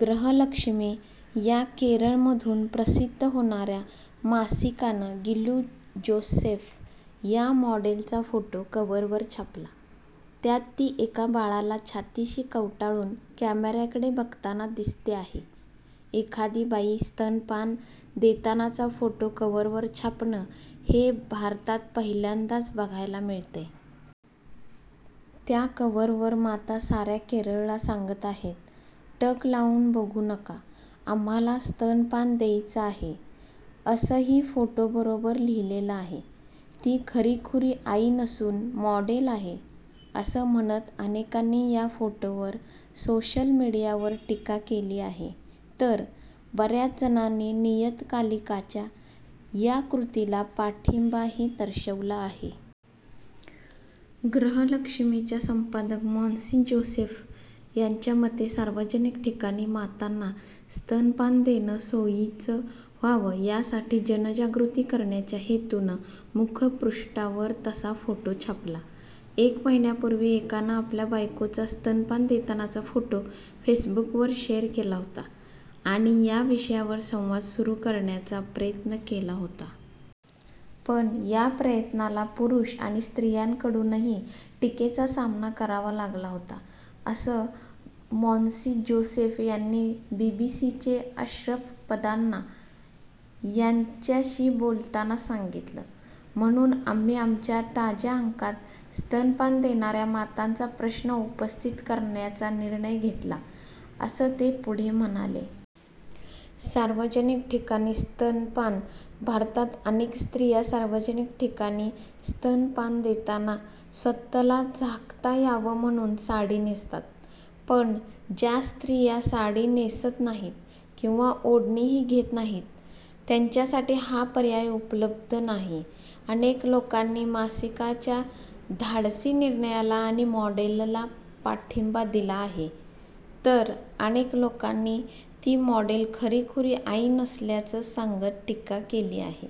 गृहलक्ष्मी या केरळमधून प्रसिद्ध होणाऱ्या मासिकानं गिलू जोसेफ या मॉडेलचा फोटो कव्हरवर छापला. त्यात ती एका बाळाला छातीशी कवटाळून कॅमेराकडे बघताना दिसते आहे. एखादी बाई स्तनपान देतानाचा फोटो कव्हरवर छापणं हे भारतात पहिल्यांदाच बघायला मिळतंय. त्या कव्हरवर माता साऱ्या केरळला सांगत आहेत टक लावून बघू नका, आम्हाला स्तनपान द्यायचं आहे, असंही फोटोबरोबर लिहिलेलं आहे. ती खरीखुरी आई नसून मॉडेल आहे, असं म्हणत अनेकांनी या फोटोवर सोशल मीडियावर टीका केली आहे, तर बऱ्याच जणांनी नियतकालिकाच्या या कृतीला पाठिंबाही दर्शवला आहे. गृहलक्ष्मीच्या संपादक मॉन्सी जोसेफ यांच्या मते, सार्वजनिक ठिकाणी मातांना स्तनपान देणं सोयीचं व्हावं यासाठी जनजागृती करण्याच्या हेतूनं मुखपृष्ठावर तसा फोटो छापला. एका महिन्यापूर्वी एकानं आपल्या बायकोचा स्तनपान देतानाचा फोटो फेसबुकवर शेअर केला होता आणि या विषयावर संवाद सुरू करण्याचा प्रयत्न केला होता. पण या प्रयत्नाला पुरुष आणि स्त्रियांकडूनही टीकेचा सामना करावा लागला होता, असं मॉन्सी जोसेफ यांनी बीबीसीचे अशरफ पदान्ना यांच्याशी बोलताना सांगितलं. म्हणून आम्ही आमच्या ताज्या अंकात स्तनपान देणाऱ्या मातांचा प्रश्न उपस्थित करण्याचा निर्णय घेतला, असं ते पुढे म्हणाले. सार्वजनिक ठिकाणी स्तनपान भारतात अनेक स्त्रिया सार्वजनिक ठिकाणी स्तनपान देताना स्वतःला झाकता यावं म्हणून साडी नेसतात. पण ज्या स्त्रिया साडी नेसत नाहीत किंवा ओढणीही घेत नाहीत, त्यांच्यासाठी हा पर्याय उपलब्ध नाही. अनेक लोकांनी मासिकाच्या धाडसी निर्णयाला आणि मॉडेलला पाठिंबा दिला आहे, तर अनेक लोकांनी ती मॉडेल खरीखुरी आई नसल्याचं सांगत टीका केली आहे.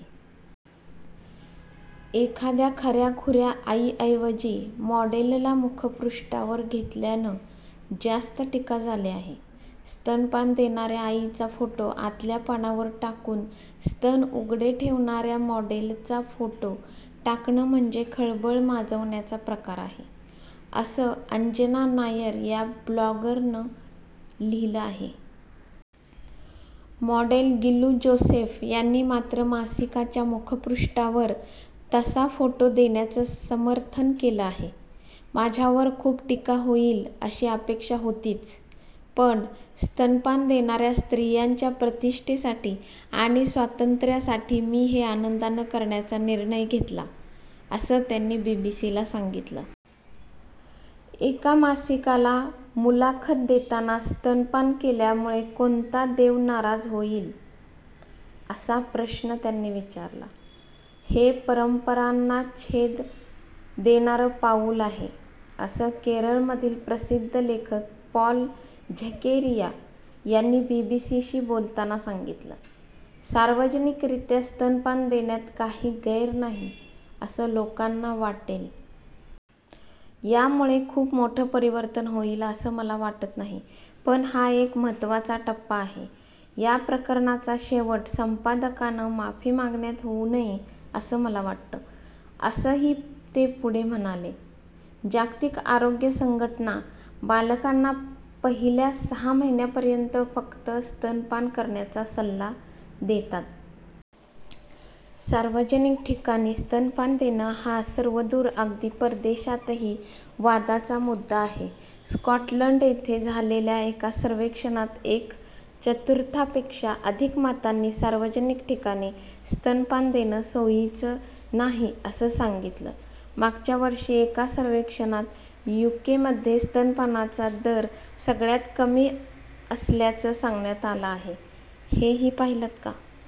एखाद्या खऱ्याखुऱ्या आईऐवजी मॉडेलला मुखपृष्ठावर घेतल्यानं जास्त टीका झाली आहे. स्तनपान देणाऱ्या आईचा फोटो आतल्या पानावर टाकून स्तन उघडे ठेवणाऱ्या मॉडेलचा फोटो टाकणं म्हणजे खळबळ माजवण्याचा प्रकार आहे, असं अंजना नायर या ब्लॉगरनं लिहिलं आहे. मॉडेल गिलू जोसेफ यांनी मात्र मासिकाच्या मुखपृष्ठावर तसा फोटो देण्याचं समर्थन केलं आहे. माझ्यावर खूप टीका होईल अशी अपेक्षा होतीच. पण स्तनपान देणाऱ्या स्त्रियांच्या प्रतिष्ठेसाठी आणि स्वातंत्र्यासाठी मी हे आनंदानं करण्याचा निर्णय घेतला, असं त्यांनी बीबीसीला सांगितलं. एका मासिकाला मुलाखत देतांना स्तनपान केल्यामुळे कोणता देव नाराज होईल? असा प्रश्न त्यांनी विचारला. हे परंपरांना छेद देणारं पाऊल आहे, असं केरळमधील प्रसिद्ध लेखक पॉल झकेरिया यांनी बीबीसीशी बोलताना सांगितलं. सार्वजनिकरित्या स्तनपान देण्यात काही गैर नाही, असं लोकांना वाटेल. यामुळे खूप मोठं परिवर्तन होईल असं मला वाटत नाही, पण हा एक महत्त्वाचा टप्पा आहे. या प्रकरणाचा शेवट संपादकानं माफी मागण्यात होऊ नये असं मला वाटतं, असंही ते पुढे म्हणाले. जागतिक आरोग्य संघटना बालकांना पहिल्या सहा महिन्यापर्यंत फक्त स्तनपान करण्याचा सल्ला देतात. सार्वजनिक ठिकाणी स्तनपान देणं हा सर्वदूर अगदी परदेशातही वादाचा मुद्दा आहे. स्कॉटलंड येथे झालेल्या एका सर्वेक्षणात एक चतुर्थांपेक्षा अधिक मातांनी सार्वजनिक ठिकाणी स्तनपान देणं सोयीचं नाही असं सांगितलं. मागच्या वर्षी एका सर्वेक्षणात यूकेमध्ये स्तनपानाचा दर सगळ्यात कमी असल्याचं सांगण्यात आलं आहे. हेही पाहिलंत का?